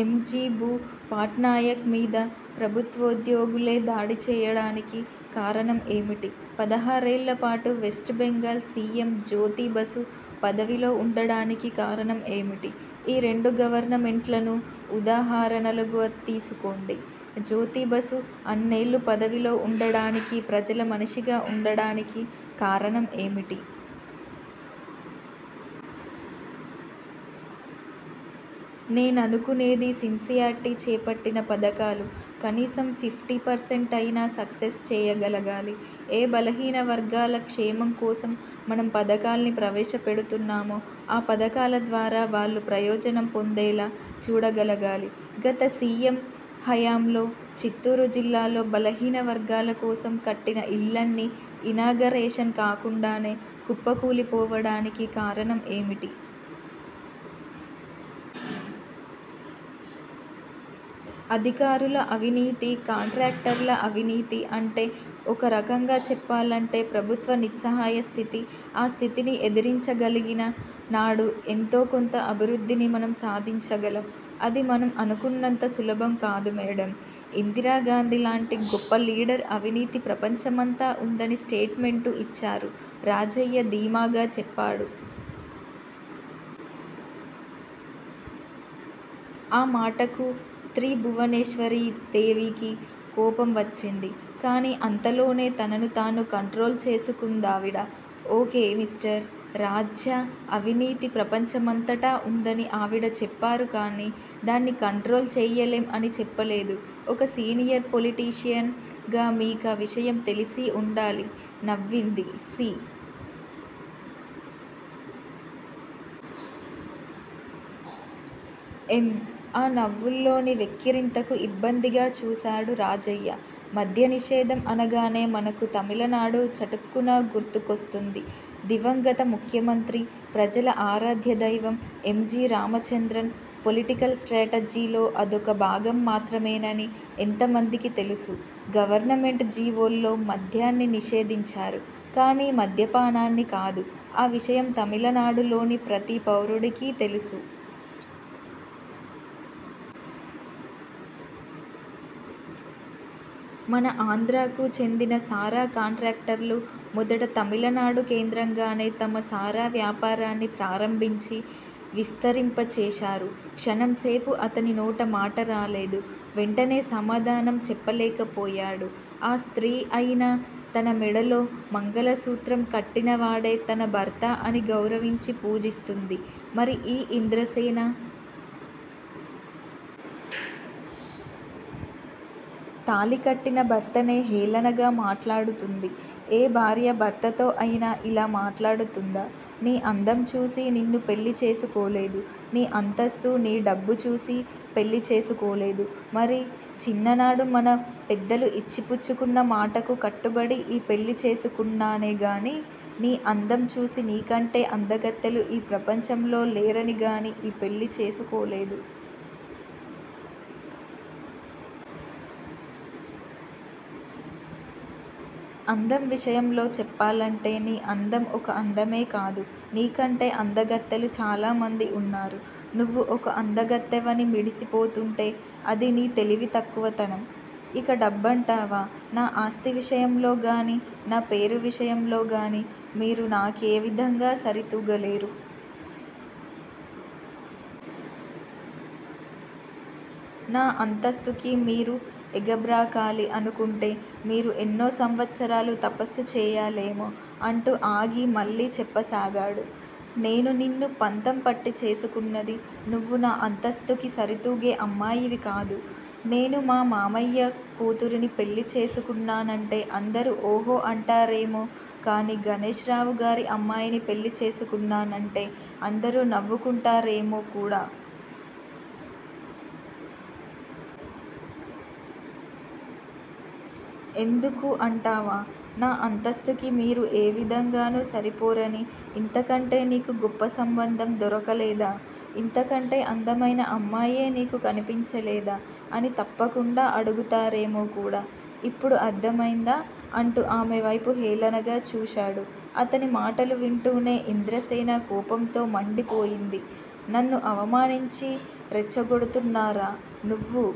ఎం. G బూ పట్నాయక్ మీద ప్రభుత్వోద్యోగులే దాడి చెయ్యడానికి కారణం ఏమిటి? పదహారేళ్ళ పాటు west Bengal C M Jyoti Basu పదవిలో ఉండడానికి కారణం ఏమిటి? ఈ రెండు గవర్నమెంట్లనూ, ఉదాహరణలుగా తీసుకోండి జ్యోతి బసు అన్నేళ్ళు పదవిలో ఉండడానికి, ప్రజల మనిషిగా ఉండడానికి కారణం ఏమిటి? నేననుకునేది సిన్సియార్టీ చేపట్టిన పధకాలు కనీసం ఫిఫ్టీ పర్సెంట్ అయినా సక్సస్ చెయ్యగలగాలి ఏ బలహీన వర్గాల క్షేమం కోసం, మనం పధకాల్ని ప్రవేశపెడుతున్నామో ఆ పధకాల ద్వారా వాళ్ళు ప్రయోజనం పొందేలా చూడగలగాలి గత సి. ఎమ్. హయాంలో చిత్తూరు జిల్లాలో బలహీన వర్గాల కోసం కట్టిన ఇళ్ళన్నీ, ఇనాగరేషన్ కాకుండానే కుప్పకూలిపోవడానికి కారణం ఏమిటి? అధికారుల అవినీతి- కంట్రాక్టర్ల అవినీతి అంటే ఒక రకంగా చెప్పాలంటే ప్రభుత్వ నిస్సహాయస్థితి ఆ స్థితిని ఎదిరించగలిగిన నాడు ఎంతో కొంత అభివృద్దిని మనం సాధించగలం అది మనం అనుకున్నంత సులభం కాదు మేడమ్ ఇందిరాగాంధీ లాంటి గొప్ప లీడర్ అవినీతి ప్రపంచమంతా ఉందని స్టేట్ మెంటు ఇచ్చారు రాజయ్య ధీమాగా చెప్పాడు. ఆ మాటకు త్రిభువనేశ్వరీ దేవికి కోపం వచ్చింది. కానీ అంతలోనే తనను తాను కంట్రోల్ చేసుకుందావిడ. ఒ. కే మిస్టర్ రాజ్యా అవినీతి ప్రపంచమంతటా ఉందని ఆవిడ చెప్పారు కానీ దాన్ని కంట్రోల్ చెయ్యలేం అని చెప్పలేదు. ఒక సీనియర్ పొలిటీషియన్ గా మీకా విషయం తెలిసీ ఉండాలి నవ్వింది సి. ఎమ్. ఆ నవ్వులోని వెక్కిరింతకు ఇబ్బందిగా చూసాడు రాజయ్య. మద్యనిషేధం అనగానే మనకు తమిళనాడు చటుక్కున గుర్తుకొస్తుంది. దివంగత ముఖ్యమంత్రి, ప్రజల ఆరాధ్యదైవం ఎంజి రామచంద్రన్ పొలిటికల్ స్ట్రేటజీలో అదొక భాగం మాత్రమేనని ఎంతమందికి తెలుసు గవర్నమెంట్ జీవోల్లో మద్యాన్ని నిషేధించారు. కానీ మద్యపానాన్ని కాదు ఆ విషయం తమిళనాడులోని ప్రతి పౌరుడికీ తెలుసు. మన ఆంధ్రాకు చెందిన సారా కాంట్రాక్టర్లు మొదట తమిళనాడు కేంద్రంగానే తమ సారా వ్యాపారాన్ని ప్రారంభించి విస్తరింప చేశారు. క్షణంసేపు అతని నోటమాట రాలేదు. వెంటనే సమాధానం చెప్పలేకపోయాడు. ఆ స్త్రీ అయినా తన మెడలో మంగళసూత్రం కట్టినవాడే తన భర్త అని గౌరవించి పూజిస్తుంది మరి ఈ ఇంద్ర సేన! తాళికట్టిన భర్తనే హేళనగా మాట్లాడుతుంది. ఏ భార్య భర్తతో అయినా ఇలా మాట్లాడుతుందా? నీ అందం చూసి నిన్ను పెళ్ళి చేసుకోలేదు. నీ అంతస్తు, నీ డబ్బు చూసి పెళ్ళి చేసుకోలేదు. మరి! చిన్ననాడు మన పెద్దలు ఇచ్చి పుచ్చుకున్న మాటకు కట్టుబడి ఈ పెళ్ళి చేసుకున్నానే గాని నీ అందంచూసి నీకంటే అందగత్తెలు ఈ ప్రపంచంలో లేరని గాని ఈ పెళ్ళి చేసుకోలేదు. అందం విషయంలో చెప్పాలంటే నీ అందం ఒక అందమే కాదు. నీకంటే అందగత్తెలు చాలామంది ఉన్నారు. నువ్వు ఒక అందగత్తెవని మిడిసి పోతుంటే అది నీ తెలివి తక్కువ తనం. ఇక డబ్బంటావా! నా ఆస్తి విషయంలో గాని నా పేరు విషయంలో గాని మీరు నాకే విధంగా సరితూగలేరు. నా అంతస్తుకి మీరు ఎగబ్రాకాలి అనుకుంటే మీరు ఎన్నో సంవత్సరాలు తపస్సు చెయ్యాలేమో! అంటూ ఆగి మళ్ళీ చెప్ప సాగాడు. నేను నిన్ను పంతం పట్టి చేసుకున్నది నువ్వు నా అంతస్తుకి సరితూగే అమ్మాయివికాదు. నేను మా మామయ్య కూతురిని పెళ్ళి చేసుకున్నానంటే అందరూ ఓహో అంటారేమో కాని గణేశ్ రావు గారి అమ్మాయిని పెళ్ళి చేసుకున్నానంటే అందరూ నవ్వుకుంటారేమో కూడా. ఎందుకు అంటావా? నా అంతస్తుకి మీరు ఏ విధంగాను సరిపోరని ఇంతకంటే నీకు గొప్ప సంబంధం దొరకలేదా! ఇంతకంటే అందమైన అమ్మాయే నీకు కనిపించలేదా అని తప్పకుండా అడుగుతారేమో కూడా, ఇప్పుడు అర్ధమైందా అంటూ ఆమె వైపు హేళనగా చూశాడు. అతని మాటలు వింటూనే ఇంద్ర సేన కోపంతో మండి పోయింది. నన్ను అవమానించి రెచ్చగొడుతున్నారా! నువ్వు